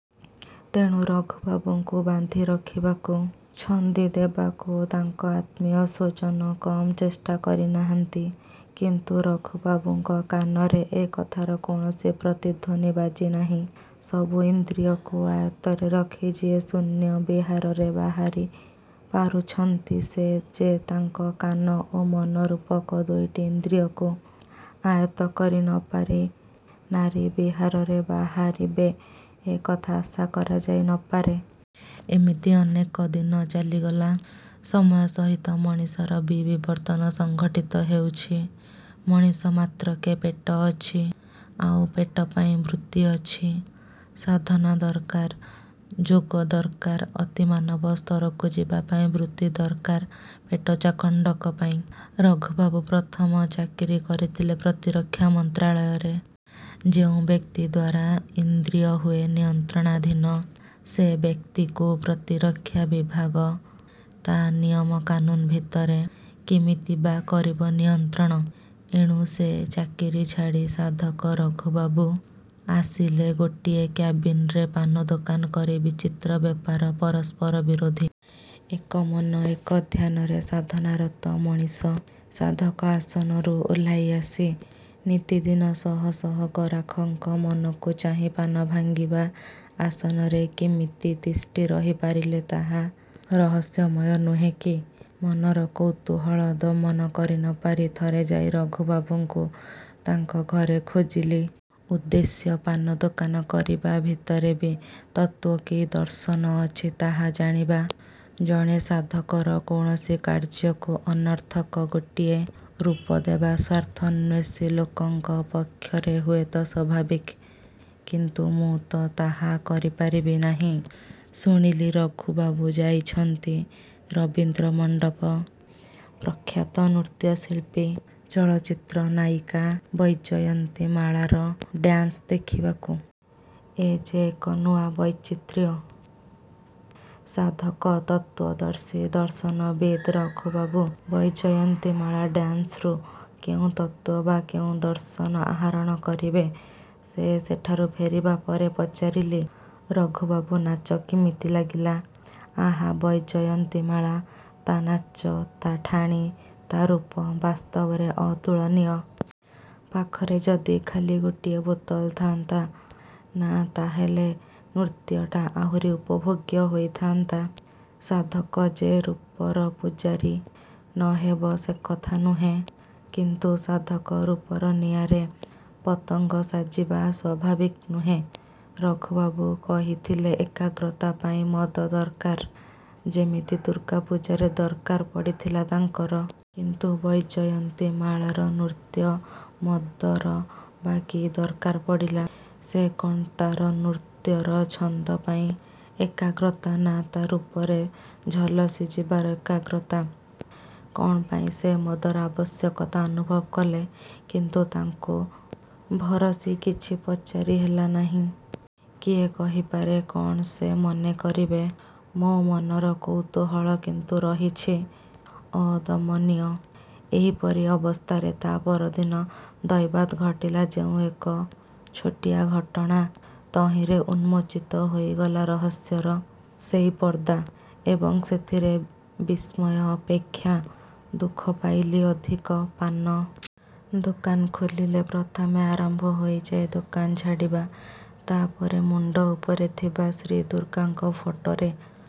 ତେଣୁ ରଘୁବାବୁଙ୍କୁ ବାନ୍ଧିରଖିବାକୁ, ଛନ୍ଦି ଦେବାକୁ ତାଙ୍କ ଆତ୍ମୀୟ ସ୍ୱଜନ କମ୍ ଚେଷ୍ଟା କରିନାହାନ୍ତି; କିନ୍ତୁ ରଘୁବାବୁଙ୍କ କାନରେ ଏ କଥାର କୌଣସି ପ୍ରତିଧ୍ଵନି ବାଜି ନାହିଁ। ସବୁ ଇନ୍ଦ୍ରିୟକୁ ଆୟତ୍ତରେ ରଖି ଯିଏ ଶୂନ୍ୟ ବିହାରରେ ବାହାରିପାରୁଛନ୍ତି ସେ ଯେ ତାଙ୍କ କାନ ଓ ମନ ରୂପକ ଦୁଇଟି ଇନ୍ଦ୍ରିୟକୁ ଆୟତ୍ତ କରିନପାରି ନାରୀ ବିହାରରେ ବାହାରିବେ ଏ କଥା ଆଶା କରାଯାଇନପାରେ। ଏମିତି ଅନେକ ଦିନ ଚାଲିଗଲା। ସମୟ ସହିତ ମଣିଷର ବି ବିବର୍ତ୍ତନ ସଂଘଟିତ ହେଉଛି। ମଣିଷ ମାତ୍ରକେ ପେଟ ଅଛି; ଆଉ ପେଟ ପାଇଁ ବୃତ୍ତି ଅଛି। ସାଧନା ଦରକାର, ଯୋଗ ଦରକାର ଅତିମାନବ ସ୍ତରକୁ ଯିବାପାଇଁ ବୃତ୍ତି ଦରକାର ପେଟ ଚାଖଣ୍ଡକ ପାଇଁ। ରଘୁବାବୁ ପ୍ରଥମ ଚାକିରି କରିଥିଲେ ପ୍ରତିରକ୍ଷା ମନ୍ତ୍ରଣାଳୟରେ। ଯେଉଁ ବ୍ୟକ୍ତି ଦ୍ୱାରା ଇନ୍ଦ୍ରିୟ ହୁଏ ନିୟନ୍ତ୍ରଣାଧୀନ ସେ ବ୍ୟକ୍ତିକୁ ପ୍ରତିରକ୍ଷା ବିଭାଗ ତା' ନିୟମ କାନୁନ୍ ଭିତରେ କିମିତି ବା କରିବ ନିୟନ୍ତ୍ରଣ। ଏଣୁ ସେ ଚାକିରି ଛାଡ଼ି ସାଧକ ରଘୁବାବୁ ବସିଲେ ଗୋଟିଏ କ୍ୟାବିନରେ ପାନ ଦୋକାନ କରି। ବିଚିତ୍ର ବ୍ୟାପାର। ପରସ୍ପର ବିରୋଧୀ। ଏକ ମନ ଏକ ଧ୍ୟାନରେ ସାଧନାରତ ମଣିଷ ସାଧକ ଆସନରୁ ଓହ୍ଲାଇ ଆସି ନିତିଦିନ ଶହ ଶହ ଗରାଖଙ୍କ ମନକୁ ଚାହିଁ ପାନ ଭାଙ୍ଗିବା ଆସନରେ କିମିତି ତିଷ୍ଠି ରହି ପାରିଲେ ତାହା ରହସ୍ୟମୟ ନୁହେଁ କି? ମନର କୌତୂହଳ ଦମନ କରିନପାରି ଥରେ ଯାଇ ରଘୁବାବୁଙ୍କୁ ତାଙ୍କ ଘରେ ଖୋଜିଲି-। ଉଦ୍ଦେଶ୍ୟ-ପାନଦୋକାନ କରିବା ଭିତରେ ବି ତତ୍ତ୍ୱ କି ଦର୍ଶନ ଅଛି ତାହା ଜାଣିବା-। ଜଣେ ସାଧକର କୌଣସି କାର୍ଯ୍ୟକୁ ଅନର୍ଥକ ଗୋଟାଏ ରୂପଦେବା ସ୍ୱାର୍ଥାନ୍ଵେଷୀ ଲୋକଙ୍କ ପକ୍ଷରେ ହୁଏତ ସ୍ୱାଭାବିକ କିନ୍ତୁ ମୁଁ ତ ତାହା କରିପାରିବି ନାହିଁ। ଶୁଣିଲି ରଘୁବାବୁ ଯାଇଛନ୍ତି ରବୀନ୍ଦ୍ର ମଣ୍ଡପ ପ୍ରଖ୍ୟାତ ନୃତ୍ୟଶିଳ୍ପୀ, ଚଳଚ୍ଚିତ୍ର ନାୟିକା ବୈଜୟନ୍ତୀମାଳାର ଡାନ୍ସ ଦେଖିବାକୁ। ଏ ଯେ ଏକ ନୂଆ ବୈଚିତ୍ର୍ୟ। ସାଧକ, ତତ୍ତ୍ୱଦର୍ଶୀ ଦର୍ଶନବିତ୍ ରଘୁବାବୁ ବୈଜୟନ୍ତୀମାଳା ଡାନ୍ସରୁ କେଉଁ ତତ୍ତ୍ୱ ବା କେଉଁ ଦର୍ଶନ ଆହରଣ କରିବେ-? ସେ ସେଠାରୁ ଫେରିବା ପରେ ପଚାରିଲି-ରଘୁବାବୁ, ନାଚ କିମିତି ଲାଗିଲା? ଆହାଃ ବୈଜୟନ୍ତୀମାଳା-ତା' ନାଚ, ତା' ଠାଣି, ତା' ରୂପ ବାସ୍ତବରେ ଅତୁଳନୀୟ। ପାଖରେ ଯଦି ଖାଲି ଗୋଟିଏ ବୋତଲ ଥାଆନ୍ତା ନା ତା'ହେଲେ ନୃତ୍ୟଟା ଆହୁରି ଉପଭୋଗ୍ୟ ହୋଇଥାନ୍ତା। ସାଧକ ଯେ ରୂପର ପୂଜାରୀ ନହେବ ସେକଥା ନୁହେଁ। କିନ୍ତୁ ସାଧକ ରୂପର ନିଆଁରେ ପତଙ୍ଗ ସାଜିବା ସ୍ୱାଭାବିକ ନୁହେଁ। ରଘୁବାବୁ କହିଥିଲେ ଏକାଗ୍ରତା ପାଇଁ ମଦ ଦରକାର-ଯେମିତି ଦୁର୍ଗା ପୂଜାରେ ଦରକାର ପଡ଼ିଥିଲା ତାଙ୍କର। କିନ୍ତୁ ବୈଜୟନ୍ତୀମାଳାର ନୃତ୍ୟ ମଦର ବା କି ଦରକାର ପଡ଼ିଲା? ସେ କ'ଣ ତା'ର ନୃତ୍ୟର ଛନ୍ଦ ପାଇଁ ଏକାଗ୍ରତା ନା ତା' ରୂପରେ ଝଲସି ଯିବାର ଏକାଗ୍ରତା? କ'ଣ ପାଇଁ ସେ ମଦର ଆବଶ୍ୟକତା ଅନୁଭବ କଲେ? କିନ୍ତୁ ତାଙ୍କୁ ଭରସି କିଛି ପଚାରି ହେଲା ନାହିଁ। କିଏ କହିପାରେ କ'ଣ ସେ ମନେ କରିବେ? ମୋ'ମନର କୌତୂହଳ କିନ୍ତୁ ରହିଛି ଅଦମନୀୟ। ଏହିପରି ଅବସ୍ଥାରେ ତା'ପରଦିନ ଦୈବାତ୍ ଘଟିଲା ଯେଉଁ ଏକ ଛୋଟିଆ ଘଟଣା ତହିଁରେ ଉନ୍ମୋଚିତ ହୋଇଗଲା ରହସ୍ୟର ସେଇ ପର୍ଦ୍ଦା-ଏବଂ ସେଥିରେ ବିସ୍ମୟ ଅପେକ୍ଷା ଦୁଃଖ ପାଇଲି ଅଧିକ। ପାନ ଦୋକାନ ଖୋଲିଲେ ପ୍ରଥମେ ଆରମ୍ଭ ହୋଇଯାଏ ଦୋକାନ ଝାଡ଼ିବା, ତା'ପରେ ମୁଣ୍ଡ ଉପରେ ଥିବା ଶ୍ରୀ ଦୁର୍ଗାଙ୍କ ଫଟୋରେ